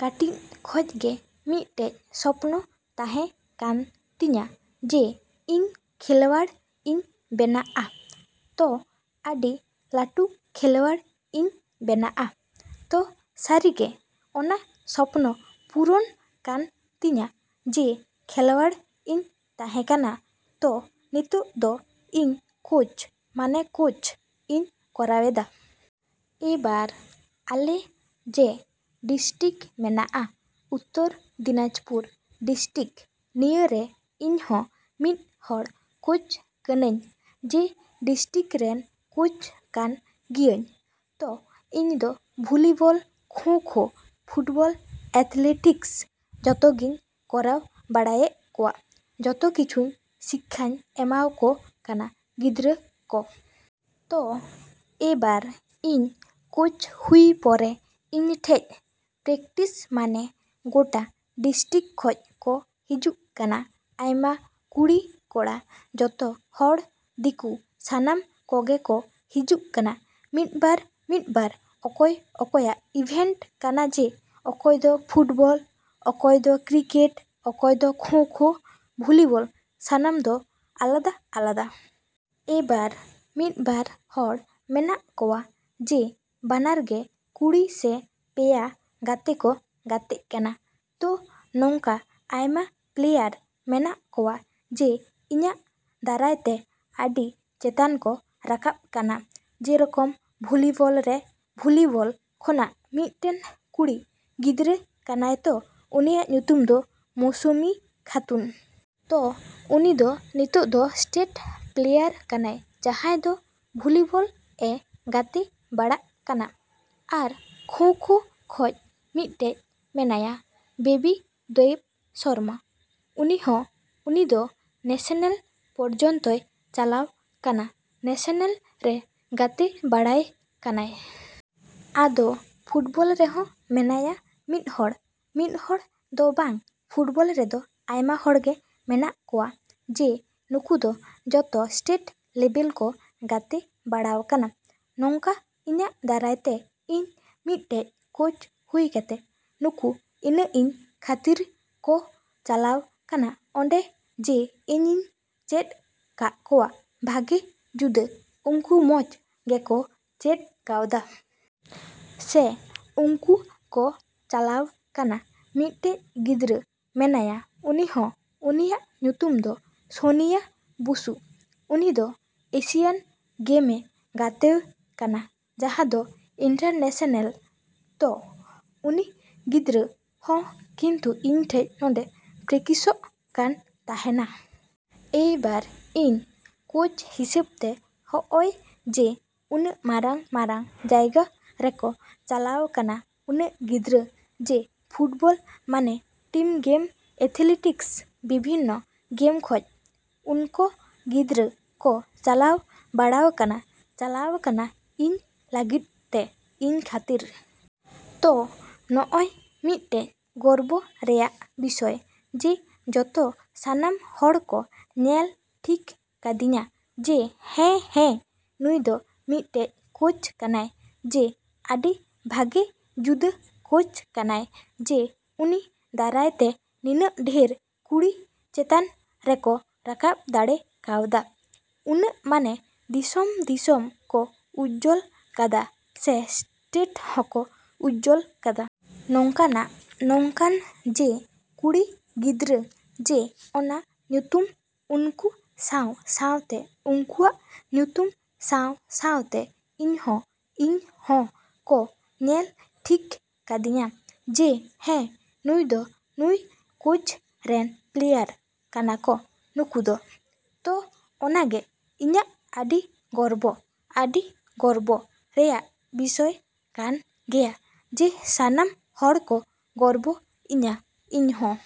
ᱠᱟᱹᱴᱤᱡ ᱠᱷᱚᱡ ᱜᱮ ᱢᱤᱫᱴᱮᱡ ᱥᱚᱯᱱᱚ ᱛᱟᱦᱮᱸ ᱠᱟᱱ ᱛᱤᱧᱟ ᱡᱮ ᱤᱧ ᱠᱷᱮᱞᱣᱟᱲ ᱤᱧ ᱵᱮᱱᱟᱜᱼᱟ᱾ ᱛᱚ ᱟᱹᱰᱤ ᱞᱟᱹᱴᱩ ᱠᱷᱮᱞᱣᱟᱲ ᱤᱧ ᱵᱮᱱᱟᱜᱼᱟ᱾ ᱛᱚ ᱥᱟᱹᱨᱤᱜᱮ ᱚᱱᱟ ᱥᱚᱯᱱᱚ ᱯᱩᱨᱚᱱ ᱠᱟᱱ ᱛᱤᱧᱟ ᱡᱮ ᱠᱷᱮᱞᱣᱟᱲ ᱤᱧ ᱛᱟᱦᱮᱸ ᱠᱟᱱᱟ᱾ ᱛᱚ ᱱᱤᱛᱚᱜ ᱫᱚ ᱤᱧ ᱠᱳᱪ ᱢᱟᱱᱮ ᱠᱳᱪ ᱤᱧ ᱠᱚᱨᱟᱣᱮᱫᱟ᱾ ᱮᱵᱟᱨ ᱟᱞᱮ ᱡᱮ ᱰᱤᱥᱴᱤᱠ ᱢᱮᱱᱟᱜᱼᱟ ᱩᱛᱛᱚᱨ ᱫᱤᱱᱟᱡᱽᱯᱩᱨ ᱰᱤᱥᱴᱤᱠ ᱱᱤᱭᱟᱹᱨᱮ ᱤᱧᱦᱚᱸ ᱢᱤᱫ ᱦᱚᱲ ᱠᱳᱪ ᱠᱟᱹᱱᱟᱹᱧ ᱡᱮ ᱰᱤᱥᱴᱤᱠ ᱨᱮᱱ ᱠᱳᱪ ᱠᱟᱱ ᱜᱤᱭᱟᱹᱧ᱾ ᱛᱚ ᱤᱧᱫᱚ volleyball, kho kho, football, athletics ᱡᱚᱛᱚᱜᱮᱧ ᱠᱚᱨᱟᱣ ᱵᱟᱲᱟᱭᱮᱜ ᱠᱚᱣᱟ, ᱡᱚᱛᱚ ᱠᱤᱪᱷᱩᱧ ᱥᱤᱠᱠᱷᱟᱧ ᱮᱢᱟᱣᱠᱚ ᱠᱟᱱᱟ ᱜᱤᱫᱽᱨᱟᱹ ᱠᱚ᱾ ᱛᱚ ᱮᱵᱟᱨ ᱤᱧ ᱠᱳᱪ ᱦᱩᱭ ᱯᱚᱨᱮ ᱤᱧᱴᱷᱮᱡ ᱯᱨᱮᱠᱴᱤᱥ ᱢᱟᱱᱮ ᱜᱳᱴᱟ ᱰᱤᱥᱴᱤᱠ ᱠᱷᱚᱡ ᱠᱚ ᱦᱤᱡᱩᱜ ᱠᱟᱱᱟ ᱟᱭᱢᱟ ᱠᱩᱲᱤ ᱠᱚᱲᱟ ᱡᱚᱛᱚ ᱦᱚᱲ ᱫᱤᱠᱩ ᱥᱟᱱᱟᱢ ᱠᱚᱜᱮ ᱠᱚ ᱦᱤᱡᱩᱜ ᱠᱟᱱᱟ᱾ ᱢᱤᱫᱵᱟᱨ ᱢᱤᱫᱵᱟᱨ ᱚᱠᱚᱭ ᱚᱠᱚᱭᱟᱜ ᱤᱵᱷᱮᱱᱴ ᱠᱟᱱᱟ ᱡᱮ ᱚᱠᱚᱭᱫᱚ ᱯᱷᱩᱴᱵᱚᱞ, ᱚᱠᱚᱭᱫᱚ ᱠᱨᱤᱠᱮᱴ, ᱚᱠᱚᱭ ᱫᱚ ᱠᱷᱳᱸ ᱠᱷᱳᱸ, ᱵᱷᱚᱞᱤᱵᱚᱞ ᱥᱟᱱᱟᱢ ᱫᱚ ᱟᱞᱟᱫᱟ ᱟᱞᱟᱫᱟ᱾ ᱮᱵᱟᱨ ᱢᱤᱫ ᱵᱟᱨ ᱦᱚᱲ ᱢᱮᱱᱟᱜ ᱠᱚᱣᱟ ᱡᱮ ᱵᱟᱱᱟᱨ ᱜᱮ ᱠᱩᱲᱤ ᱥᱮ ᱯᱮᱭᱟ ᱜᱟᱛᱮ ᱠᱚ ᱜᱟᱛᱮᱜ ᱠᱟᱱᱟ᱾ ᱛᱳ ᱱᱚᱝᱠᱟ ᱟᱭᱢᱟ ᱯᱞᱮᱭᱟᱨ ᱢᱮᱱᱟᱜ ᱠᱚᱣᱟ ᱡᱮ ᱤᱧᱟᱹᱜ ᱫᱟᱨᱟᱭ ᱛᱮ ᱟᱹᱰᱤ ᱪᱮᱛᱟᱱ ᱠᱚ ᱨᱟᱠᱟᱵ ᱠᱟᱱᱟ ᱡᱮᱨᱚᱠᱚᱢ ᱵᱷᱚᱞᱤᱵᱚᱞ ᱨᱮ ᱵᱷᱚᱞᱤᱵᱚᱞ ᱠᱷᱚᱱᱟᱜ ᱢᱤᱫᱴᱮᱱ ᱠᱩᱲᱤ ᱜᱤᱫᱽᱨᱟᱹ ᱠᱟᱱᱟᱭ ᱛᱚ ᱩᱱᱤᱭᱟᱜ ᱧᱩᱛᱩᱢ ᱫᱚ ᱢᱳᱥᱩᱢᱤ ᱠᱷᱟᱛᱩᱱ᱾ ᱛᱚ ᱩᱱᱤ ᱫᱚ ᱱᱤᱛᱚᱜ ᱫᱚ ᱮᱥᱴᱮᱴ ᱯᱞᱮᱭᱟᱨ ᱠᱟᱱᱟᱭ ᱡᱟᱦᱟᱸᱭ ᱫᱚ ᱵᱷᱚᱞᱤᱵᱚᱞ ᱮ ᱜᱟᱛᱮᱵᱟᱲᱟᱜ ᱠᱟᱱᱟ᱾ ᱟᱨ ᱠᱷᱳᱸ ᱠᱷᱳᱸ ᱠᱷᱚᱡ ᱢᱤᱫᱴᱮᱡ ᱢᱮᱱᱟᱭᱟ ᱵᱮᱵᱤ ᱫᱮᱵ ᱥᱚᱨᱢᱟ᱾ ᱩᱱᱤ ᱦᱚᱸ ᱩᱱᱤ ᱫᱚ ᱱᱮᱥᱮᱱᱮᱞ ᱯᱨᱚᱡᱚᱱᱛᱚᱭ ᱪᱟᱞᱟᱣ ᱠᱟᱱᱟ, ᱱᱮᱥᱮᱱᱮᱞ ᱨᱮ ᱜᱟᱛᱮ ᱵᱟᱲᱟᱭ ᱠᱟᱱᱟᱭ᱾ ᱟᱫᱚ ᱯᱷᱩᱴᱵᱚᱞ ᱨᱮᱦᱚᱸ ᱢᱮᱱᱟᱭᱟ ᱢᱤᱫ ᱦᱚᱲ, ᱢᱤᱫ ᱦᱚᱲ ᱫᱚᱵᱟᱝ ᱯᱷᱩᱴᱵᱚᱞ ᱨᱮᱫᱚ ᱟᱭᱢᱟ ᱦᱚᱲᱜᱮ ᱢᱮᱱᱟᱜ ᱠᱚᱣᱟ ᱡᱮ ᱱᱩᱠᱩ ᱫᱚ ᱡᱚᱛᱚ ᱥᱴᱮᱴ ᱞᱮᱵᱮᱞ ᱠᱚ ᱜᱟᱛᱮ ᱵᱟᱲᱟᱣ ᱠᱟᱱᱟ᱾ ᱱᱚᱝᱠᱟ ᱤᱧᱟᱹᱜ ᱫᱟᱨᱟᱭ ᱛᱮ ᱤᱧ ᱢᱤᱫᱴᱮᱡ ᱠᱳᱪ ᱦᱩᱭ ᱠᱟᱛᱮ ᱱᱩᱠᱩ ᱤᱱᱟᱹᱜ ᱤᱧ ᱠᱷᱟᱹᱛᱤᱨ ᱠᱚ ᱪᱟᱞᱟᱣ ᱠᱟᱱᱟ ᱚᱸᱰᱮ ᱡᱮ ᱤᱧᱤᱧ ᱪᱮᱫ ᱠᱟᱜ ᱠᱚᱣᱟ ᱵᱷᱟᱜᱮ ᱡᱩᱫᱟᱹ ᱩᱱᱠᱩ ᱢᱚᱡᱽ ᱜᱮᱠᱚ ᱪᱮᱫ ᱠᱟᱣᱫᱟ᱾ ᱥᱮ ᱩᱱᱠᱩ ᱠᱚ ᱪᱟᱞᱟᱣ ᱠᱟᱱᱟ ᱾ ᱢᱤᱫᱴᱮᱡ ᱜᱤᱫᱽᱨᱟᱹ ᱢᱮᱱᱟᱭᱟ ᱩᱱᱤ ᱦᱚᱸ ᱩᱱᱤᱭᱟᱜ ᱧᱩᱛᱩᱢ ᱫᱚ ᱥᱳᱱᱤᱭᱟ ᱵᱚᱥᱩ᱾ ᱩᱱᱤᱫᱚ ᱮᱥᱤᱭᱟᱱ ᱜᱮᱢᱮ ᱜᱟᱛᱮᱣ ᱠᱟᱱᱟ ᱡᱟᱦᱟᱸ ᱫᱚ ᱤᱱᱴᱟᱨᱱᱮᱥᱮᱱᱮᱞ᱾ ᱛᱚ ᱩᱱᱤ ᱜᱤᱫᱽᱨᱟᱹ ᱦᱚᱸ ᱠᱤᱱᱛᱩ ᱤᱧ ᱴᱷᱮᱡ ᱱᱚᱰᱮ ᱯᱨᱮᱠᱤᱥᱚᱜ ᱠᱟᱱ ᱛᱟᱦᱮᱱᱟ᱾ ᱮᱭᱵᱟᱨ ᱤᱧ ᱠᱳᱪ ᱦᱤᱥᱟᱹᱵ ᱛᱮ ᱦᱚᱜᱼᱚᱸᱭ ᱡᱮ ᱩᱱᱟᱹᱜ ᱢᱟᱨᱟᱝ ᱢᱟᱨᱟᱝ ᱡᱟᱭᱜᱟ ᱨᱮᱠᱚ ᱪᱟᱞᱟᱣ ᱠᱟᱱᱟ ᱩᱱᱟᱹᱜ ᱜᱤᱫᱽᱨᱟᱹ ᱡᱮ ᱯᱷᱩᱴᱵᱚᱞ ᱢᱟᱱᱮ ᱴᱤᱢ ᱜᱮᱢ, ᱮᱛᱷᱞᱮᱴᱤᱠᱤᱥ ᱵᱤᱵᱷᱤᱱᱱᱚ ᱜᱮᱢ ᱠᱷᱚᱡ ᱩᱱᱠᱚ ᱜᱤᱫᱽᱨᱟᱹ ᱠᱚ ᱪᱟᱞᱟᱣ ᱵᱟᱲᱟᱣ ᱠᱟᱱᱟ, ᱪᱟᱞᱟᱣ ᱠᱟᱱᱟ ᱤᱧ ᱞᱟᱹᱜᱤᱫ ᱛᱮ, ᱤᱧ ᱠᱷᱟᱹᱛᱤᱨ᱾ ᱛᱚ ᱱᱚᱜᱼᱚᱸᱭ ᱢᱤᱫᱴᱮᱡ ᱜᱚᱨᱵᱚ ᱨᱮᱭᱟᱜ ᱵᱤᱥᱚᱭ ᱡᱮ ᱡᱚᱛᱚ ᱥᱟᱱᱟᱢ ᱦᱚᱲ ᱠᱚ ᱧᱮᱞ ᱴᱷᱤᱠ ᱠᱟᱫᱤᱧᱟ ᱡᱮ ᱦᱮᱸ ᱦᱮᱸ ᱱᱩᱭᱫᱚ ᱢᱤᱫᱴᱮᱡ ᱠᱳᱪ ᱠᱟᱱᱟᱭ ᱡᱮ ᱟᱹᱰᱤ ᱵᱷᱟᱜᱮ ᱡᱩᱫᱟᱹ ᱠᱳᱪ ᱠᱟᱱᱟᱭ ᱡᱮ ᱩᱱᱤ ᱫᱟᱨᱟᱭ ᱛᱮ ᱱᱤᱱᱟᱹᱜ ᱰᱷᱮᱨ ᱠᱩᱲᱤ ᱪᱮᱛᱟᱱ ᱨᱮᱠᱚ ᱨᱟᱠᱟᱵ ᱫᱟᱲᱮ ᱠᱟᱣᱫᱟ, ᱩᱱᱟᱹᱜ ᱢᱟᱱᱮ ᱫᱤᱥᱚᱢ ᱫᱤᱥᱚᱢ ᱠᱚ ᱩᱡᱡᱚᱞ ᱠᱟᱫᱟ ᱥᱮ ᱥᱴᱮᱴ ᱦᱚᱸᱠᱚ ᱩᱡᱡᱚᱞ ᱠᱟᱫᱟ᱾ ᱱᱚᱝᱠᱟᱱᱟᱜ ᱱᱚᱝᱠᱟᱱ ᱡᱮ ᱠᱩᱲᱤ ᱜᱤᱫᱽᱨᱟᱹ ᱡᱮ ᱚᱱᱟ ᱧᱩᱛᱩᱢ ᱩᱱᱠᱩ ᱥᱟᱶ ᱥᱟᱶᱛᱮ ᱩᱱᱠᱩᱣᱟᱜ ᱧᱩᱛᱩᱢ ᱥᱟᱶ ᱥᱟᱶᱛᱮ ᱤᱧᱦᱚᱸ ᱤᱧ ᱦᱚᱸᱠᱚ ᱧᱮᱞ ᱴᱷᱤᱠ ᱠᱟᱫᱤᱧᱟ ᱡᱮ ᱦᱮᱸ ᱱᱩᱭᱫᱚ ᱱᱩᱭ ᱠᱳᱪ ᱨᱮᱱ ᱯᱞᱮᱭᱟᱨ ᱠᱟᱱᱟᱠᱚ ᱱᱩᱠᱩ ᱫᱚ᱾ ᱛᱚ ᱚᱱᱟᱜᱮ ᱤᱧᱟᱹᱜ ᱟᱹᱰᱤ ᱜᱚᱨᱵᱚ, ᱟᱹᱰᱤ ᱜᱚᱨᱵᱚ ᱨᱮᱭᱟᱜ ᱵᱤᱥᱚᱭ ᱠᱟᱱ ᱜᱮᱭᱟ ᱡᱮ ᱥᱟᱱᱟᱢ ᱦᱚᱲ ᱠᱚ ᱜᱚᱨᱵᱚ ᱤᱧᱟᱹ ᱤᱧᱦᱚᱸ।